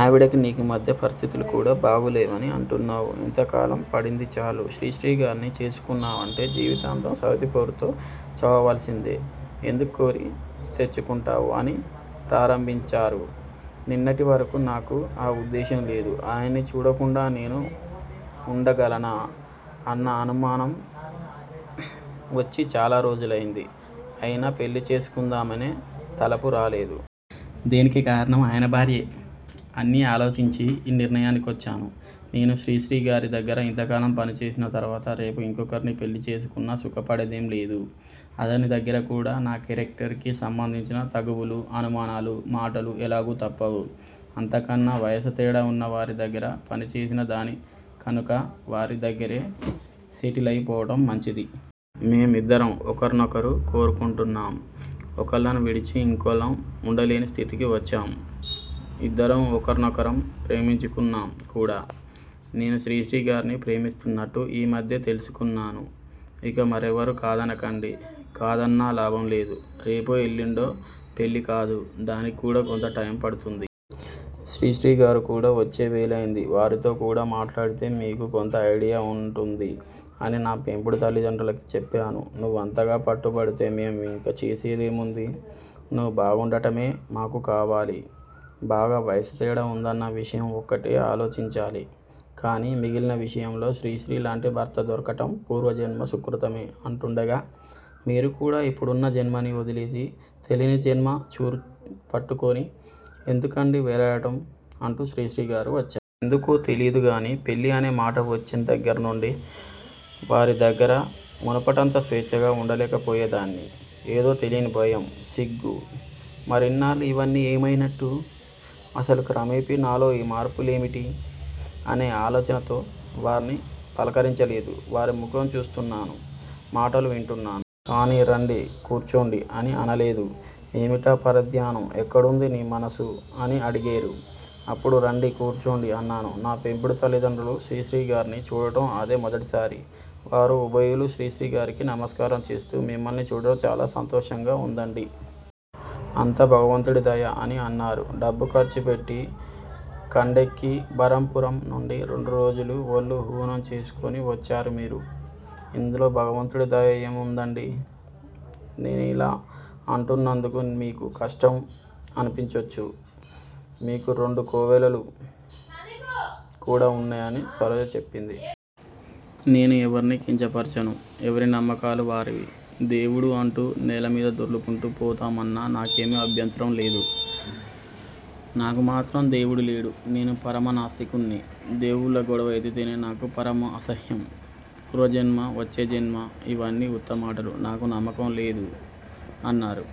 ఆవిడకీ నీకూ మధ్య పరిస్థితులుకూడా బాగులేవని అంటున్నావు. ఇంతకాలం పడిందిచాలు. శ్రీశ్రీగారిని చేసుకున్నావంటే జీవితాంతం సవితి పోరుతో చావవలసిందే. ఎందుక్కోరి తెచ్చుకుంటావు అని ప్రారంభించారు. నిన్నటివరకూ నాకూ ఆ ఉద్దేశంలేదు. ఆయన్ని చూడకుండా నేను వుండగలనా అన్న అనుమానం వచ్చి చాలా రోజులైంది. అయినా పెళ్ళి చేసుకుందామనే తలపు రాలేదు. దీనికి కారణం ఆయన భార్యే. అన్నీ ఆలోచించి ఈ నిర్ణయానికొచ్చాను. నేను శ్రీశ్రీగారి దగ్గర ఇంతకాలం పనిచేసిన తర్వాత రేపు ఇంకొకర్ని పెళ్ళి చేసుకున్నా సుఖపడేదేంలేదు. అతని దగ్గర కూడా నా కేరక్టర్ కి సంబంధించిన తగవులూ, అనుమానాలూ, మాటలూ ఎలాగూ తప్పవు. అంతకన్నా వయస్సు తేడా వున్నా వారి దగ్గర పనిచేసినదాన్ని కనుక వారి దగ్గరే సెటిలయి పోవటం మంచిది. మేం ఇద్దరం ఒకర్నొకరు కోరుకుంటున్నాం. ఒకళ్ళను విడిచి ఇంకొకళ్ళం వుండలేని స్థితికి వచ్చాం. ఇద్దరం ఒకర్నొకరం ప్రేమించుకున్నాం కూడా. నేను శ్రీశ్రీగారిని ప్రేమిస్తున్నట్టు ఈ మధ్యే తెలుసుకున్నాను. ఇక మరెవ్వరూ కాదనకండి. కాదన్నా లాభంలేదు. రేపో ఎల్లుండో పెళ్ళి కాదు. దానికి కూడా కొంత టైము పడుతుంది. శ్రీశ్రీగారు కూడా వచ్చే వేళయింది. వారితో కూడా మాట్లాడితే మీకు కొంత అయిడియా ఉంటుంది అని నా పెంపుడు తల్లిదండ్రులకి చెప్పాను. నువ్వంతగా పట్టుపడితే మేం ఇంక చేసేదేముంది? నువ్వు బాగుండటమే మాకు కావాలి. బాగా వయస్సు తేడా వుందన్న విషయం ఒక్కటే ఆలోచించాలి. కానీ మిగిలిన విషయంలో శ్రీశ్రీలాంటి భర్త దొరకటం పూర్వజన్మ సుకృతమే అంటూండగా__ మీరు కూడా ఇప్పుడున్న జన్మని వదిలేసి తెలీని జన్మ చూరు పట్టుకొని ఎందుకండీ వేలాడటం అంటూ శ్రీశ్రీగారు వచ్చారు. ఎందుకో తెలీదుగాని పెళ్ళి అనే మాట వచ్చిన దగ్గర్నుండి వారిదగ్గర మునపటంత స్వేచ్ఛగా వుండలేకపోయేదాన్ని. ఏదో తెలీని భయం. సిగ్గు. మరిన్నాళ్ళూ ఇవన్నీ ఏమయినట్టు? అసలు క్రమేపీ నాలో ఈ మార్పు లేమిటి? అనే ఆలోచనతో వారిని పలకరించలేదు. వారి ముఖం చూస్తున్నాను. మాటలు వింటున్నాను. కానీ రండి కూర్చోండి అని అనలేదు. ఏమిటా పరధ్యానం? ఎక్కడుంది నీ మనసు అని అడిగేరు. అప్పుడు రండి కూర్చోండి అన్నాను. నా పెంపుడు తల్లిదండ్రులు శ్రీశ్రీగార్ని చూడటం అదే మొదటిసారి. వారు ఉభయులూ శ్రీశ్రీగారికి నమస్కారం చేస్తూ మిమ్మల్ని చూడం చాలా సంతోషంగా వుందండి. అంతా భగవంతుడి దయ అని అన్నారు. డబ్బు ఖర్చుపెట్టి, ఖండెక్కి బరంపురం నుండి రెండు రోజులు వళ్ళు హూనం చేసుకొని వచ్చారు మీరు. ఇందులో భగవంతుడి దయ ఏం వుందండీ? నేనిలా అంటున్నందుకు మీకు కష్టం అనిపించొచ్చు. మీకు రెండు కోవెలలు కూడా ఉన్నాయనీ సరోజ చెప్పింది. నేను ఎవర్నీ కించపరచను. ఎవరి నమ్మకాలు వారివి. దేవుడు అంటూ నేలమీద దొర్లుకుంటూ పోతామన్నా నాకేమీ అభ్యంతరం లేదు. నాకు మాత్రం దేవుడు లేడు. నేను పరమ నాస్తికుడ్ని. దేవుళ్ళ గొడవ ఎత్తితేనే నాకు పరమ అసహ్యం. పూర్వజన్మ, వచ్చే జన్మ ఇవన్నీ ఉత్తమాటలు. నాకు నమ్మకంలేదు అన్నారు.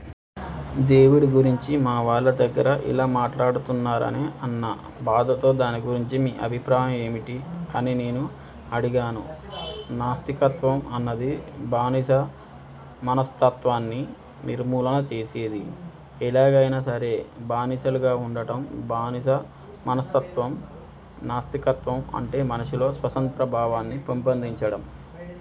దేవుడి గురించి మావాళ్ళ దగ్గర ఇలా మాట్లాడుతున్నారే అన్న బాధతో దాని గురించి మీ అభిప్రాయం ఏమిటి? అని నేను అడిగాను. నాస్తికత్వం అన్నది బానిస మనస్తత్వాన్ని నిర్మూలన చేసేది. ఎలాగయినా సరే బానిసలుగా వుండటం బానిస మనస్తత్వం. నాస్తికత్వం అంటే మనిషిలో స్వతంత్ర భావాన్ని పెంపొందించడం.